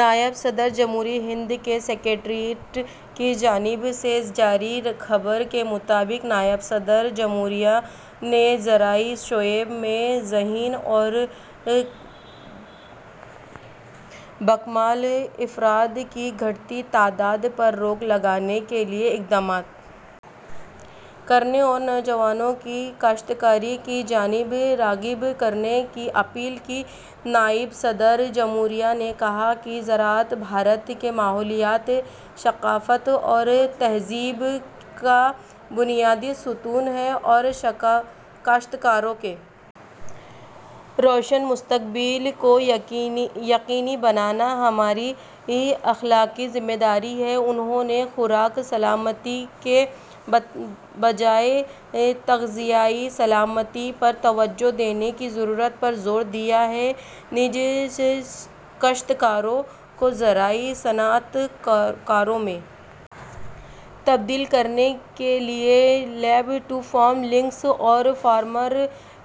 نائب صدر جمہوریہ ہند کے سکریٹریٹ کی جانب سے جاری خبر کے مطابق نائب صدر جمہوریہ نے زرعی شعبے میں ذہین اور باکمال افراد کی گھٹتی تعداد پر روک لگانے کے لیے اقدامات کرنے اور نوجوانوں کو کاشتکاری کی جانب راغب کرنے کی اپیل کی ہے نائب صدر جمہوریہ نے کہا کہ زراعت بھارت کے ماحولیات ثقافت اور تہذیب کا بنیادی ستون ہے اور کاشتکاروں کے روشن مستقبل کو یقینی بنانا ہماری اخلاقی ذمہ داری ہے انہوں نے خوراک سلامتی کے بجائے تغذیائی سلامتی پر توجہ دینے کی ضرورت پر زور دیا نیز کاشتکاروں کو زرعی صنعت کاروں میں تبدیل کرنے کے لیے لیب ٹو فارم لنکس اور فارمر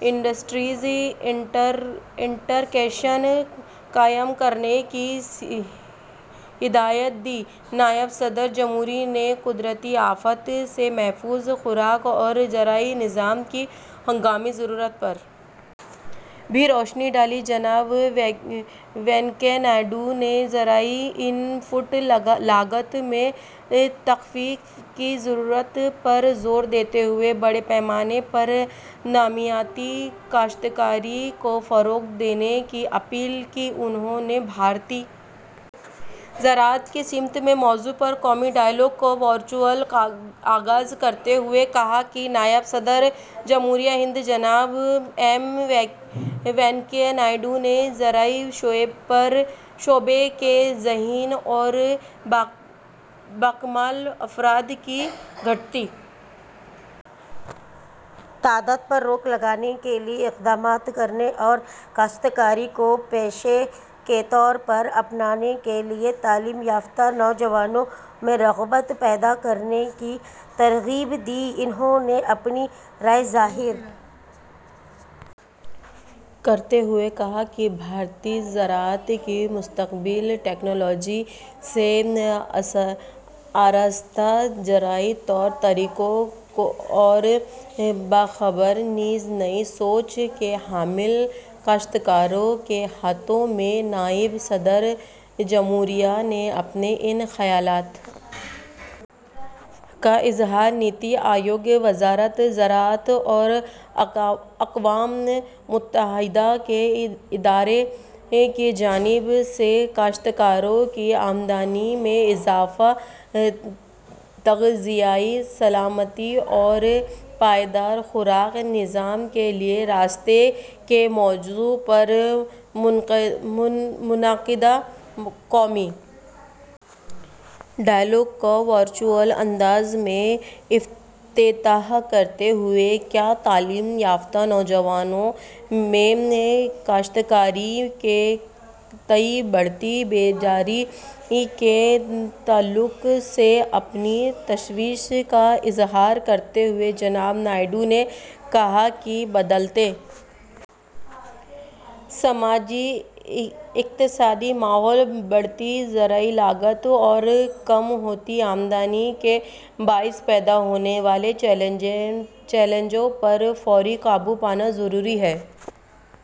انڈسٹری انٹریکشن قائم کرنے کی ہدایت دی نائب صدر جمہوریہ نے قدرتی آفات سے محفوظ خوراک اور زرعی نظام کی ہنگامی ضرورت پر بھی روشنی ڈالی جناب وینکیا نائیڈو نے زرعی ان پٹ لاگت میں تخفیف کی ضرورت پر زور دیتے ہوئے بڑے پیمانے پر نامیاتی کاشتکاری کو فروغ دینے کی اپیل کی انہوں نے بھارتی زراعت کی سمت کے موضوع پر قومی ڈائیلاگ کا ورچوئل آغاز کرتے ہوئے کہا کہ نائب صدر جمہوریہ ہند جناب ایم وینکیا نائیڈو نے زرعی شعبے کے ذہین اور باکمال افراد کی گھٹتی تعداد پر روک لگانے کے لیے اقدامات کرنے اور کاشتکاری کو پیشے کے طور پر اپنانے کے لیے تعلیم یافتہ نوجوانوں میں رغبت پیدا کرنے کی ترغیب دی انہوں نے اپنی رائے ظاہر کرتے ہوئے کہا کہ بھارتی زراعت کا مستقبل تکنالوجی سے آراستہ زرعی طور طریقوں اور باخبر نیز نئی سوچ کے حامل کاشتکاروں کے ہاتھوں میں ہے نائب صدر جمہوریہ نے اپنے ان خیالات کا اظہار نیتی آیوگ وزارت زراعت اور اقوام متحدہ کے ادارے کی جانب سے کاشکاروں کی آمدنی میں اضافہ تغذیائی سلامتی اور پائیدار خوراک نظام کے لیے راستے کے موضوع پر منعقدہ قومی ڈائیلاگ کا ورچوئل انداز میں افتتاح کرتے ہوئے کیا تعلیم یافتہ نوجوانوں میں کاشتکاری کے تئیں بڑھتی بیزاری کے تعلق سے اپنی تشویش کا اظہار کرتے ہوئے جناب نائیڈو نے کہا کہ بدلتے سماجی اقتصادی ماحول بڑھتی زرعی لاگت اور کم ہوتی آمدنی کے باعث پیدا ہونے والے چیلنجوں پر فوری قابو پانا ضروری ہے